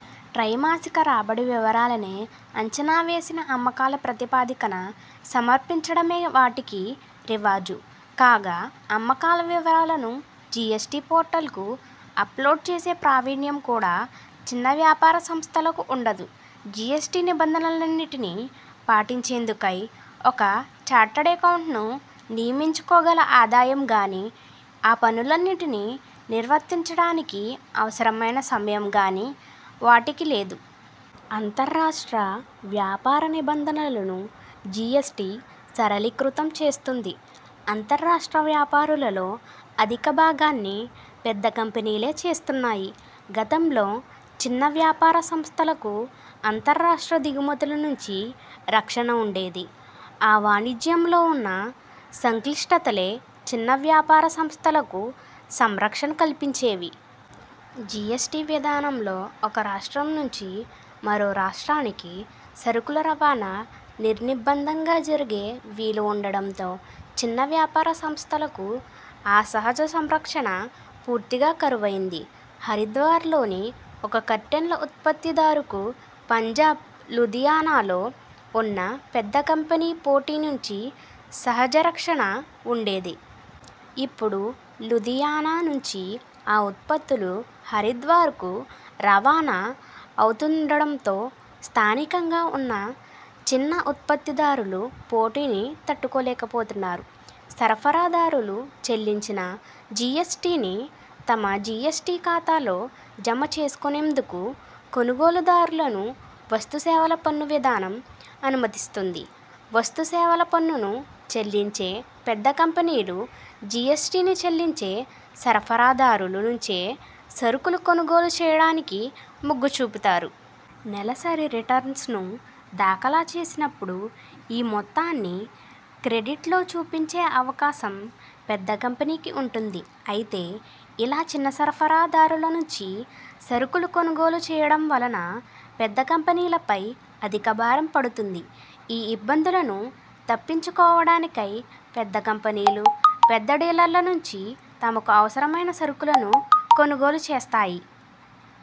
త్రైమాసిక రాబడి వివరాలనే అంచనావేసిన అమ్మకాల ప్రాతిపదికన సమర్పించడమే వాటికి రివాజు. కాగా అమ్మకాల వివరాలను జీఎస్టీ పోర్టల్కు అప్లోడ్ చేసే ప్రావీణ్యం కూడా చిన్న వ్యాపార సంస్థలకు వుండదు. జీఎస్టీ నిబంధలన్నిటినీ పాటించేందుకై ఒక చార్టర్డ్ ఎకౌట్ను నియమించుకోగల ఆదాయంగానీ, ఆ పనులన్నిటినీ నిర్వర్తించ డానికి అవసరమైన సమయం గానీ వాటికి లేదు. అంతర్ రాష్ట్ర వ్యాపార నిబంధనలను జీఎస్టీ సరళీకృతం చేస్తుంది. అంతర్ రాష్ట్ర వ్యాపారాలలో అధిక భాగాన్ని పెద్ద కంపెనీలే చేస్తున్నాయి. గతంలో చిన్న వ్యాపా రసంస్థలకు, అంతర్ రాష్ట్ర దిగుమతుల నుంచి రక్షణ వుండేది. ఆ వాణిజ్యంలో వున్న సంక్లిష్టతలే చిన్న వ్యాపార సంస్థలకు సంరక్షణ కల్పించేవి. జీఎస్టీ విధానంలో ఒక రాష్ట్రం నుంచి మరో రాష్ట్రానికి సరుకుల రవాణా నిర్నిబంధంగా జరిగే వీలు వుండడంతో చిన్న వ్యాపార సంస్థలకు ఆ సహజ సంరక్షణ పూర్తిగా కరువయ్యింది. హరిద్వార్లోని ఒక కర్టెన్ ల ఉత్పత్తిదారుకు పంజాబ్ లూధియానాలో వున్న పెద్ద కంపెనీ పోటీ నుంచి సహజ రక్షణ వుండేది. ఇప్పుడు లూధియానా నుంచి ఆ ఉత్పత్తులు హరిద్వార్కు రవాణా అవుతుండడంతో స్థానికంగా ఉన్న చిన్న ఉత్పత్తిదారులు పోటీని తట్టుకోలేకపోతున్నారు. సరఫరాదారులు చెల్లించిన జీఎస్టీని తమ జీఎస్టీ ఖాతాలో జమ చేసుకొనేం దుకు కొనుగోలుదారులను వస్తుసేవల పన్ను విధానం అనుమతిస్తుంది. వస్తు సేవల పన్నును చెల్లించే పెద్ద కంపెనీలు, జీఎస్టీని చెల్లించే సరఫరాదారుల నుంచే సరుకులను కొనుగోలు చేయడానికి మొగ్గు చూపుతారు. నెలసరి రిటర్న్స్ను దాఖలు చేసినప్పుడు ఈ మొత్తాన్ని క్రెడిట్లో చూపించే అవకాశం పెద్ద కంపెనీకి వుంటుంది. అయితే ఇలా చిన్న సరఫరాదారుల నుంచి సరుకులు కొనుగోలు చేయడంవల్ల పెద్ద కంపెనీలపై అధిక భారం పడుతుంది. ఈ ఇబ్బందులను తప్పించుకోవడానికై పెద్ద కంపెనీలు పెద్ద డీలర్ల నుంచే తమకు అవసరమైన సరుకును కొనుగోలు చేస్తాయి.